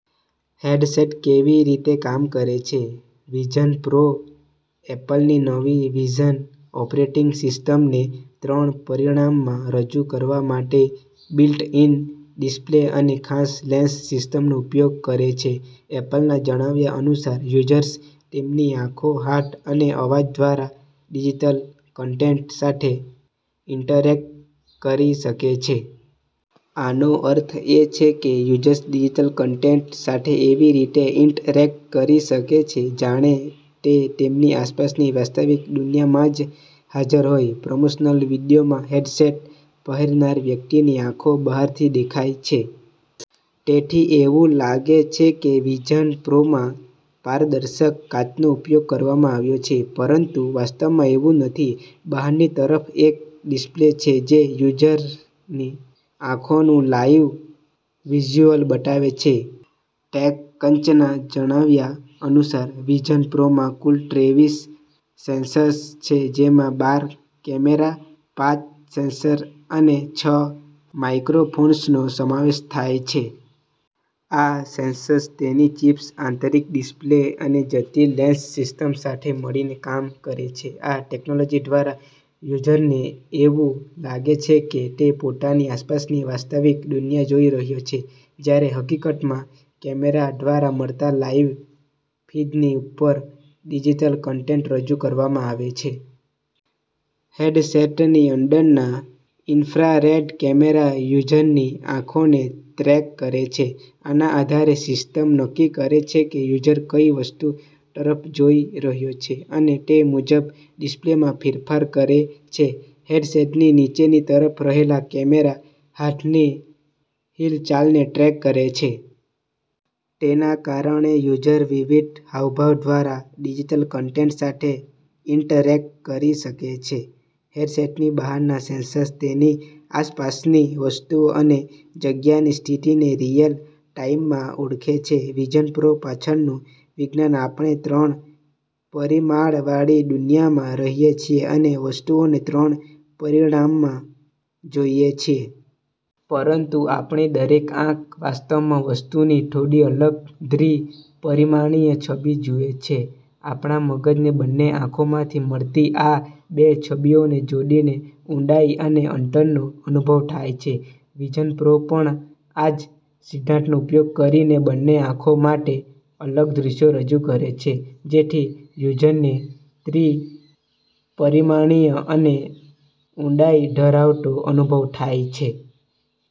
Headset કેવી રીતે કામ કરે છે? વિઝન પ્રો એપલની નવી વિઝન ઓપરેટિંગ સિસ્ટમને ત્રણ પરિમાણમાં રજૂ કરવા માટે બિલ્ટ-ઇન ડિસ્પ્લે અને ખાસ લેન્સ સિસ્ટમનો ઉપયોગ કરે છે. એપલના જણાવ્યા અનુસાર, યુઝર્સ તેમની આંખો, હાથ અને અવાજ દ્વારા ડિજિટલ કન્ટેન્ટ સાથે ઇન્ટરેક્ટ કરી શકે છે. આનો અર્થ એ છે કે યુઝર્સ ડિજિટલ કન્ટેન્ટ સાથે એવી રીતે ઇન્ટરેક્ટ કરી શકે છે, જાણે તે તેમની આસપાસની વાસ્તવિક દુનિયામાં જ હાજર હોય. પ્રમોશનલ વીડિયોમાં હેડસેટ પહેરનાર વ્યક્તિની આંખો બહારથી દેખાય છે. તેથી એવું લાગે છે કે વિઝન પ્રોમાં પારદર્શક કાચનો ઉપયોગ કરવામાં આવ્યો છે, પરંતુ વાસ્તવમાં એવું નથી. બહારની તરફ એક ડિસ્પ્લે છે, જે યુઝરની આંખોનું લાઇવ વિઝ્યુઅલ બતાવે છે. ટેકક્રંચના જણાવ્યા અનુસાર, વિઝન પ્રોમાં કુલ ત્રેવીસ સેન્સર્સ છે, જેમાં બાર કેમેરા, પાંચ સેન્સર્સ અને છ માઇક્રોફોન્સનો સમાવેશ થાય છે. આ સેન્સર્સ તેની ચિપ્સ, આંતરિક ડિસ્પ્લે અને જટિલ લેન્સ સિસ્ટમ સાથે મળીને કામ કરે છે. આ ટેક્નોલોજી દ્વારા યુઝરને એવું લાગે છે કે તે પોતાની આસપાસની વાસ્તવિક દુનિયા જોઈ રહ્યો છે, જ્યારે હકીકતમાં કેમેરા દ્વારા મળતા લાઇવ ફીડની ઉપર ડિજિટલ કન્ટેન્ટ રજૂ કરવામાં આવે છે. હેડસેટની અંદરના ઇન્ફ્રારેડ કેમેરા યુઝરની આંખોને ટ્રૅક કરે છે. આના આધારે સિસ્ટમ નક્કી કરે છે કે યુઝર કઈ વસ્તુ તરફ જોઈ રહ્યો છે અને તે મુજબ ડિસ્પ્લેમાં ફેરફાર કરે છે. હેડસેટની નીચેની તરફ રહેલા કેમેરા હાથની હિલચાલને ટ્રૅક કરે છે. તેના કારણે યુઝર વિવિધ હાવભાવ દ્વારા ડિજિટલ કન્ટેન્ટ સાથે ઇન્ટરેક્ટ કરી શકે છે. હેડસેટની બહારના સેન્સર્સ તેની આસપાસની વસ્તુઓ અને જગ્યાની સ્થિતિને રિયલ ટાઇમમાં ઓળખે છે. વિઝન પ્રો પાછળનું વિજ્ઞાન આપણે ત્રણ પરિમાણવાળી દુનિયામાં રહીએ છીએ અને વસ્તુઓને ત્રણ પરિમાણમાં જોઈએ છીએ. પરંતુ આપણી દરેક આંખ વાસ્તવમાં વસ્તુની થોડી અલગ દ્વિ-પરિમાણીય છબી જુએ છે. આપણા મગજને બંને આંખોમાંથી મળતી આ બે છબીઓને જોડીને ઊંડાઈ અને અંતરનો અનુભવ થાય છે. વિઝન પ્રો પણ આ જ સિદ્ધાંતનો ઉપયોગ કરીને બંને આંખો માટે અલગ દૃશ્યો રજૂ કરે છે, જેથી યુઝરને ત્રિ-પરિમાણીય અને ઊંડાઈ ધરાવતો અનુભવ થાય છે.